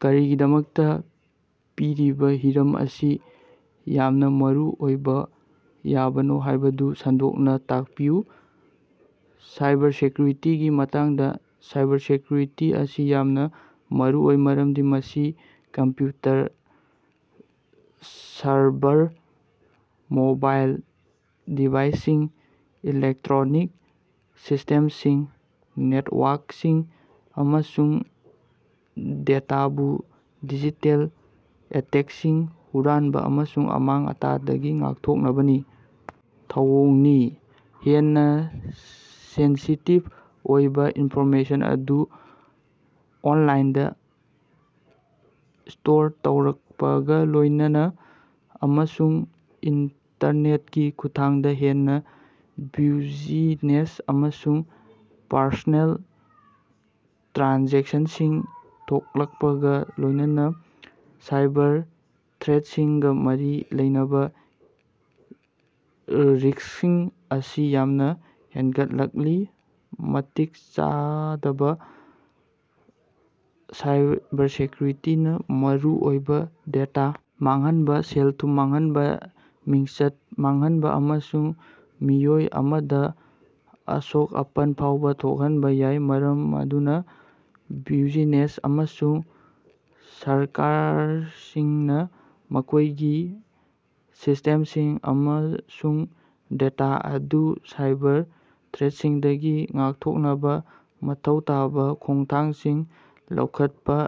ꯀꯔꯤꯒꯤꯗꯃꯛꯇ ꯄꯤꯔꯤꯕ ꯍꯤꯔꯝ ꯑꯁꯤ ꯌꯥꯝꯅ ꯃꯔꯨꯑꯣꯏꯕ ꯌꯥꯕꯅꯣ ꯍꯥꯏꯕꯗꯨ ꯁꯟꯗꯣꯛꯅ ꯇꯥꯛꯄꯤꯌꯨ꯫ ꯁꯥꯏꯕꯔꯁꯦꯀ‌꯭ꯌꯨꯔꯤꯇꯤꯒꯤ ꯃꯇꯥꯡꯗ꯫ ꯁꯥꯏꯕꯔꯁꯦꯀ꯭ꯌꯨꯔꯤꯇꯤ ꯑꯁꯤ ꯌꯥꯝꯅ ꯃꯔꯨꯑꯣꯏ ꯃꯔꯝꯗꯤ ꯃꯁꯤ ꯀꯝꯄ꯭ꯌꯨꯇꯔ, ꯁꯔꯚꯔ, ꯃꯣꯕꯥꯏꯜ ꯗꯤꯚꯥꯏꯁꯁꯤꯡ, ꯏꯂꯦꯛꯇ꯭ꯔꯣꯅꯤꯛ ꯁꯤꯁ꯭ꯇꯦꯝꯁꯤꯡ, ꯅꯦꯠꯋꯥꯔꯀꯁꯤꯡ, ꯑꯃꯁꯨꯡ ꯗꯦꯇꯥꯕꯨ ꯗꯤꯖꯤꯇꯦꯜ ꯑꯦꯇꯦꯛꯁꯤꯡ, ꯍꯨꯔꯥꯟꯕ ꯑꯃꯁꯨꯡ ꯑꯃꯥꯡ-ꯑꯇꯥꯗꯒꯤ ꯉꯥꯛꯊꯣꯛꯅꯕꯒꯤ ꯊꯧꯑꯣꯡꯅꯤ꯫ ꯍꯦꯟꯅ ꯁꯦꯟꯁꯤꯇꯤꯚ ꯑꯣꯏꯕ ꯏꯟꯐꯣꯔꯃꯦꯁꯟ ꯑꯗꯨ ꯑꯣꯟꯂꯥꯏꯟꯗ ꯁ꯭ꯇꯣꯔ ꯇꯧꯔꯛꯄꯒ ꯂꯣꯏꯅꯅ, ꯑꯃꯁꯨꯡ ꯏꯟꯇꯔꯅꯦꯠꯀꯤ ꯈꯨꯠꯊꯥꯡꯗ ꯍꯦꯟꯅ ꯕ꯭ꯌꯨꯖꯤꯅꯦꯁ ꯑꯃꯁꯨꯡ ꯄꯔꯁꯣꯅꯦꯜ ꯇ꯭ꯔꯥꯟꯖꯦꯛꯁꯟꯁꯤꯡ ꯊꯣꯛꯂꯛꯄꯒ ꯂꯣꯏꯅꯅ, ꯁꯥꯏꯕꯔ ꯊ꯭ꯔꯦꯠꯁꯤꯡꯒ ꯃꯔꯤ ꯂꯩꯅꯕ ꯔꯤꯁ꯭ꯀꯁꯤꯡ ꯑꯁꯤ ꯌꯥꯝꯅꯥ ꯍꯦꯟꯒꯠꯂꯛꯂꯤ꯫ ꯃꯇꯤꯛ ꯆꯥꯗꯕ ꯁꯥꯏꯕꯔꯁꯦꯀ꯭ꯌꯨꯔꯤꯇꯤꯅ ꯃꯔꯨꯑꯣꯏꯕ ꯗꯦꯇ ꯃꯥꯡꯍꯟꯕ, ꯁꯦꯜ-ꯊꯨꯝꯒꯤ ꯃꯥꯡꯍꯟꯕ, ꯃꯤꯡꯆꯠ ꯃꯥꯡꯍꯟꯕ, ꯑꯃꯁꯨꯡ ꯃꯤꯑꯣꯏ ꯑꯃꯗꯥ ꯑꯁꯣꯛ-ꯑꯄꯟ ꯐꯥꯎꯕ ꯊꯣꯛꯍꯟꯕ ꯌꯥꯏ꯫ ꯃꯔꯝ ꯑꯗꯨꯅ ꯕ꯭ꯌꯨꯖꯤꯅꯦꯁ ꯑꯃꯁꯨꯡ ꯁꯔꯀꯥꯔꯁꯤꯡꯅ ꯃꯈꯣꯏꯒꯤ ꯁꯤꯁ꯭ꯇꯦꯝꯁꯤꯡ ꯑꯃꯁꯨꯡ ꯗꯦꯇꯥ ꯑꯗꯨ ꯁꯥꯏꯕꯔ ꯊ꯭ꯔꯦꯠꯁꯤꯡꯗꯒꯤ ꯉꯥꯛꯊꯣꯛꯅꯕ ꯃꯊꯧ ꯇꯥꯕ ꯈꯣꯡꯊꯥꯡꯁꯤꯡ ꯂꯧꯈꯠꯄ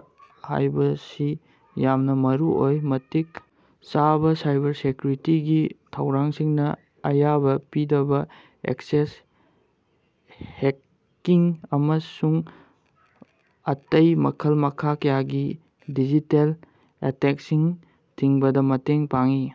ꯍꯥꯏꯕꯁꯤ ꯌꯥꯝꯅ ꯃꯔꯨꯑꯣꯏ꯫ ꯃꯇꯤꯛ ꯆꯥꯕ ꯁꯥꯏꯕꯔꯁꯦꯀ꯭ꯌꯨꯔꯤꯇꯤꯒꯤ ꯊꯧꯔꯥꯡꯁꯤꯡꯅ ꯑꯌꯥꯕ ꯄꯤꯗꯕ ꯑꯦꯛꯁꯦꯁ, ꯍꯦꯛꯀꯤꯡ ꯑꯃꯁꯨꯡ ꯑꯇꯩ ꯃꯈꯜ-ꯃꯈꯥ ꯀꯌꯥꯒꯤ ꯗꯤꯖꯤꯇꯦꯜ ꯑꯦꯇꯦꯛꯁꯤꯡ ꯊꯤꯡꯕꯗ ꯃꯇꯦꯡ ꯄꯥꯡꯏ